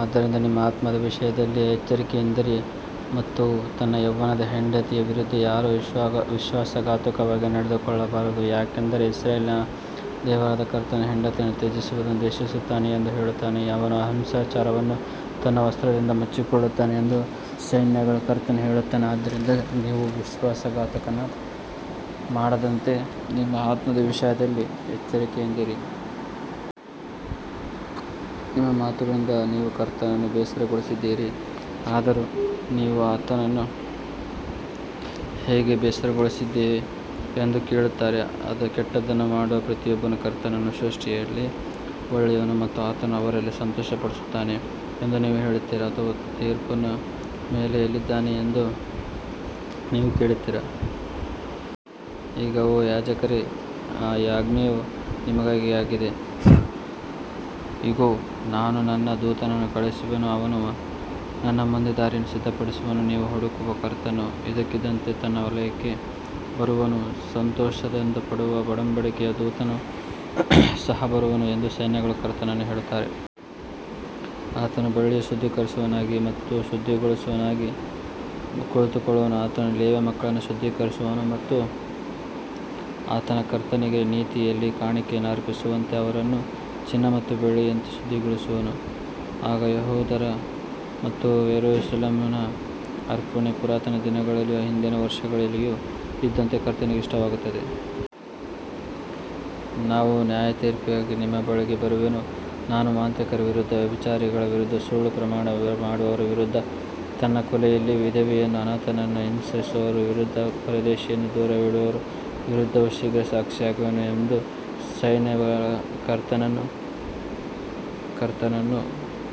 ಆದ್ದರಿಂದ ನಿಮ್ಮ ಆತ್ಮದ ವಿಷಯದಲ್ಲಿ ಎಚ್ಚರಿಕೆಯಿಂದಿರಿ ಮತ್ತು ತನ್ನ ಯೌವನದ ಹೆಂಡತಿಯ ವಿರುದ್ಧ ಯಾರೂ ವಿಶ್ವಾಸಘಾತುಕವಾಗಿ ನಡೆದುಕೊಳ್ಳಬಾರದು. ಯಾಕಂದರೆ ಇಸ್ರಾಯೇಲಿನ ದೇವರಾದ ಕರ್ತನು ಹೆಂಡತಿಯನ್ನು ತ್ಯಜಿಸುವುದನ್ನು ದ್ವೇಷಿಸುತ್ತಾನೆ ಎಂದು ಹೇಳುತ್ತಾನೆ. ಅವನು ಹಿಂಸಾಚಾರವನ್ನು ತನ್ನ ವಸ್ತ್ರದಿಂದ ಮುಚ್ಚಿಕೊಳ್ಳುತ್ತಾನೆ ಎಂದು ಸೈನ್ಯಗಳ ಕರ್ತನು ಹೇಳುತ್ತಾನೆ. ಆದ್ದರಿಂದ ನೀವು ವಿಶ್ವಾಸಘಾತುಕತನ ಮಾಡದಂತೆ ನಿಮ್ಮ ಆತ್ಮದ ವಿಷಯದಲ್ಲಿ ಎಚ್ಚರಿಕೆಯಿಂದಿರಿ. ನಿಮ್ಮ ಮಾತುಗಳಿಂದ ನೀವು ಕರ್ತನನ್ನು ಬೇಸರಗೊಳಿಸಿದ್ದೀರಿ. ಆದರೂ ನೀವು, ನಾವು ಆತನನ್ನು ಹೇಗೆ ಬೇಸರಗೊಳಿಸಿದ್ದೇವೆ ಎಂದು ಕೇಳುತ್ತೀರಿ. ಕೆಟ್ಟದ್ದನ್ನು ಮಾಡುವ ಪ್ರತಿಯೊಬ್ಬನೂ ಕರ್ತನ ದೃಷ್ಟಿಯಲ್ಲಿ ಒಳ್ಳೆಯವನು ಮತ್ತು ಆತನು ಅವರಲ್ಲಿ ಸಂತೋಷಪಡುತ್ತಾನೆ ಎಂದು ನೀವು ಹೇಳುತ್ತೀರಿ. ಅಥವಾ, ತೀರ್ಪಿನ ದೇವರು ಎಲ್ಲಿದ್ದಾನೆ ಎಂದು ನೀವು ಕೇಳುತ್ತೀರಿ. ಈಗ ಓ ಯಾಜಕರೇ, ಈ ಆಜ್ಞೆಯು ನಿಮಗಾಗಿ ಆಗಿದೆ. ಇಗೋ, ನಾನು ನನ್ನ ದೂತನನ್ನು ಕಳುಹಿಸುವೆನು ಮತ್ತು ಅವನು ನನ್ನ ಮುಂದೆ ದಾರಿಯನ್ನು ಸಿದ್ಧಪಡಿಸುವನು. ನೀವು ಹುಡುಕುವ ಕರ್ತನು ಇದ್ದಕ್ಕಿದ್ದಂತೆ ತನ್ನ ಆಲಯಕ್ಕೆ ಬರುವನು. ನೀವು ಸಂತೋಷಪಡುವ ಒಡಂಬಡಿಕೆಯ ದೂತನು ಸಹ ಬರುವನು ಎಂದು ಸೈನ್ಯಗಳ ಕರ್ತನು ಹೇಳುತ್ತಾನೆ. ಆತನು ಬೆಳ್ಳಿಯನ್ನು ಶುದ್ಧೀಕರಿಸುವವನಾಗಿ ಮತ್ತು ಶುದ್ಧಿಗೊಳಿಸುವವನಾಗಿ ಕುಳಿತುಕೊಳ್ಳುವನು. ಆತನು ಲೇವಿಯ ಮಕ್ಕಳನ್ನು ಶುದ್ಧೀಕರಿಸುವನು ಮತ್ತು ಅವರು ಕರ್ತನಿಗೆ ನೀತಿಯಲ್ಲಿ ಕಾಣಿಕೆಯನ್ನು ಅರ್ಪಿಸುವಂತೆ ಅವರನ್ನು ಚಿನ್ನ ಮತ್ತು ಬೆಳ್ಳಿಯಂತೆ ಶುದ್ಧಿಗೊಳಿಸುವನು. ಆಗ ಯೆಹೂದದ ಮತ್ತು ಯೆರೂಸಲೇಮಿನ ಅರ್ಪಣೆಯು ಪುರಾತನ ದಿನಗಳಲ್ಲಿಯೂ ಹಿಂದಿನ ವರ್ಷಗಳಲ್ಲಿಯೂ ಇದ್ದಂತೆ ಕರ್ತನಿಗೆ ಇಷ್ಟವಾಗುವುದು. ನಾನು ನ್ಯಾಯತೀರ್ಪಿಗಾಗಿ ನಿಮ್ಮ ಬಳಿಗೆ ಬರುವೆನು. ನಾನು ಮಾಂತ್ರಿಕರ ವಿರುದ್ಧವೂ ವ್ಯಭಿಚಾರಿಗಳ ವಿರುದ್ಧವೂ ಸುಳ್ಳು ಪ್ರಮಾಣ ಮಾಡುವವರ ವಿರುದ್ಧವೂ ತನ್ನ ಕೂಲಿಯಲ್ಲಿ ವಿಧವೆಯನ್ನೂ ಅನಾಥನನ್ನೂ ಹಿಂಸಿಸುವವರ ವಿರುದ್ಧವೂ ಪರದೇಶಿಯನ್ನು ದೂರವಿಡುವವರ ವಿರುದ್ಧವೂ ಶೀಘ್ರ ಸಾಕ್ಷಿಯಾಗುವೆನು ಎಂದು ಸೈನ್ಯಗಳ ಕರ್ತನು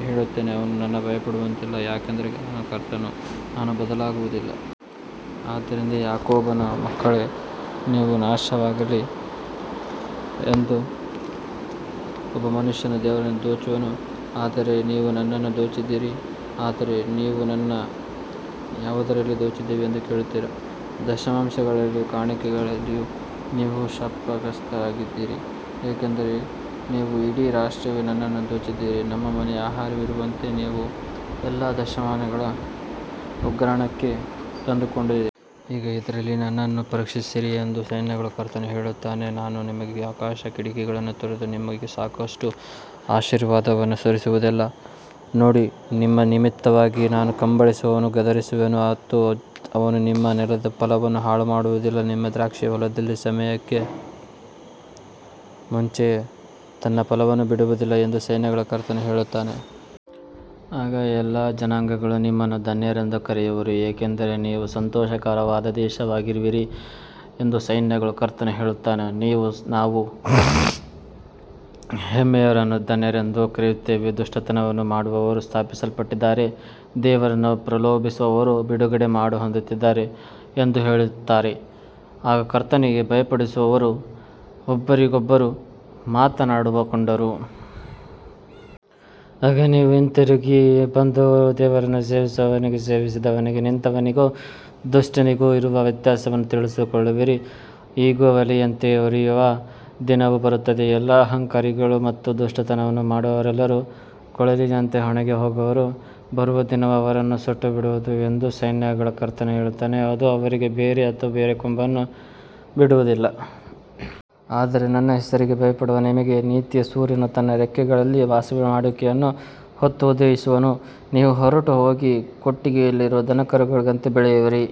ಹೇಳುತ್ತಾನೆ. ಅವರು ನನಗೆ ಭಯಪಡುವುದಿಲ್ಲ. ಯಾಕಂದರೆ ನಾನು ಕರ್ತನು, ನಾನು ಬದಲಾಗುವುದಿಲ್ಲ. ಆದ್ದರಿಂದ ಯಾಕೋಬನ ಮಕ್ಕಳೇ, ನೀವು ನಾಶವಾಗಲಿಲ್ಲ. ಒಬ್ಬ ಮನುಷ್ಯನು ದೇವರನ್ನು ದೋಚುವನೋ? ಆದರೂ ನೀವು ನನ್ನನ್ನು ದೋಚಿದ್ದೀರಿ. ಆದರೆ ನೀವು, ನಾವು ನಿಮ್ಮನ್ನು ಯಾವುದರಲ್ಲಿ ದೋಚಿದ್ದೇವೆ ಎಂದು ಕೇಳುತ್ತೀರಿ. ದಶಮಾಂಶಗಳಲ್ಲಿಯೂ ಕಾಣಿಕೆಗಳಲ್ಲಿಯೂ. ನೀವು ಶಾಪಗ್ರಸ್ತರಾಗಿದ್ದೀರಿ, ಏಕೆಂದರೆ ನೀವು ಇಡೀ ರಾಷ್ಟ್ರವೇ ನನ್ನನ್ನು ದೋಚಿದ್ದೀರಿ. ನನ್ನ ಮನೆಯಲ್ಲಿ ಆಹಾರವಿರುವಂತೆ ನೀವು ಎಲ್ಲಾ ದಶಮಾಂಶಗಳನ್ನು ಉಗ್ರಾಣಕ್ಕೆ ತಂದುಕೊಡಿ. ಈಗ ಇದರಲ್ಲಿ ನನ್ನನ್ನು ಪರೀಕ್ಷಿಸಿರಿ ಎಂದು ಸೈನ್ಯಗಳ ಕರ್ತನು ಹೇಳುತ್ತಾನೆ. ನಾನು ನಿಮಗೆ ಆಕಾಶದ ಕಿಟಕಿಗಳನ್ನು ತೆರೆದು, ನಿಮಗೆ ಸಾಕಾಗುವಷ್ಟು ಆಶೀರ್ವಾದವನ್ನು ಸುರಿಸುವುದಿಲ್ಲವೋ ನೋಡಿ. ನಿಮ್ಮ ನಿಮಿತ್ತವಾಗಿ ನಾನು ಕಬಳಿಸುವವನನ್ನು ಗದರಿಸುವೆನು ಮತ್ತು ಅವನು ನಿಮ್ಮ ನೆಲದ ಫಲವನ್ನು ಹಾಳುಮಾಡುವುದಿಲ್ಲ. ನಿಮ್ಮ ದ್ರಾಕ್ಷಿಯು ಹೊಲದಲ್ಲಿ ಸಮಯಕ್ಕೆ ಮುಂಚೆಯೇ ತನ್ನ ಫಲವನ್ನು ಬಿಡುವುದಿಲ್ಲ ಎಂದು ಸೈನ್ಯಗಳ ಕರ್ತನು ಹೇಳುತ್ತಾನೆ. ಆಗ ಎಲ್ಲಾ ಜನಾಂಗಗಳು ನಿಮ್ಮನ್ನು ಧನ್ಯರೆಂದು ಕರೆಯುವರು, ಏಕೆಂದರೆ ನೀವು ಸಂತೋಷಕರವಾದ ದೇಶವಾಗಿರುವಿರಿ ಎಂದು ಸೈನ್ಯಗಳ ಕರ್ತನು ಹೇಳುತ್ತಾನೆ. ನೀವು, ನಾವು ಹೆಮ್ಮೆಯವರನ್ನು ಧನ್ಯರೆಂದು ಕರೆಯುತ್ತೇವೆ, ದುಷ್ಟತನವನ್ನು ಮಾಡುವವರು ಸ್ಥಾಪಿಸಲ್ಪಟ್ಟಿದ್ದಾರೆ, ದೇವರನ್ನು ಪ್ರಲೋಭಿಸುವವರೂ ಬಿಡುಗಡೆ ಹೊಂದುತ್ತಾರೆ ಎಂದು ಹೇಳುತ್ತೀರಿ. ಆಗ ಕರ್ತನಿಗೆ ಭಯಪಡುವವರು ಒಬ್ಬರಿಗೊಬ್ಬರು ಮಾತನಾಡಿಕೊಂಡರು. ಆಗ ನೀವು ಹಿಂತಿರುಗಿ ಬಂದು ದೇವರನ್ನು ಸೇವಿಸುವವನಿಗೂ ಸೇವಿಸದವನಿಗೂ, ನೀತಿವಂತನಿಗೂ ದುಷ್ಟನಿಗೂ ಇರುವ ವ್ಯತ್ಯಾಸವನ್ನು ತಿಳಿದುಕೊಳ್ಳುವಿರಿ. ಇಗೋ, ಒಲೆಯಂತೆ ಉರಿಯುವ ದಿನವು ಬರುತ್ತದೆ. ಎಲ್ಲಾ ಅಹಂಕಾರಿಗಳೂ ಮತ್ತು ದುಷ್ಟತನವನ್ನು ಮಾಡುವವರೆಲ್ಲರೂ ಕೊಳಲಿನಂತೆ ಒಣಗಿಹೋಗುವರು. ಬರುವ ದಿನವು ಅವರನ್ನು ಸುಟ್ಟುಬಿಡುವುದು ಎಂದು ಸೈನ್ಯಗಳ ಕರ್ತನು ಹೇಳುತ್ತಾನೆ. ಅದು ಅವರಿಗೆ ಬೇರು ಅಥವಾ ಕೊಂಬೆಯನ್ನು ಬಿಡುವುದಿಲ್ಲ. ಆದರೆ ನನ್ನ ಹೆಸರಿಗೆ ಭಯಪಡುವ ನಿಮಗೆ ನೀತಿಯ ಸೂರ್ಯನು ತನ್ನ ರೆಕ್ಕೆಗಳಲ್ಲಿ ವಾಸಿಮಾಡುವಿಕೆಯನ್ನು ಹೊತ್ತು ಉದಯಿಸುವನು. ನೀವು ಹೊರಟು ಹೋಗಿ ಕೊಟ್ಟಿಗೆಯಲ್ಲಿರುವ ದನದ ಕರುಗಳಂತೆ ಬೆಳೆಯುವಿರಿ.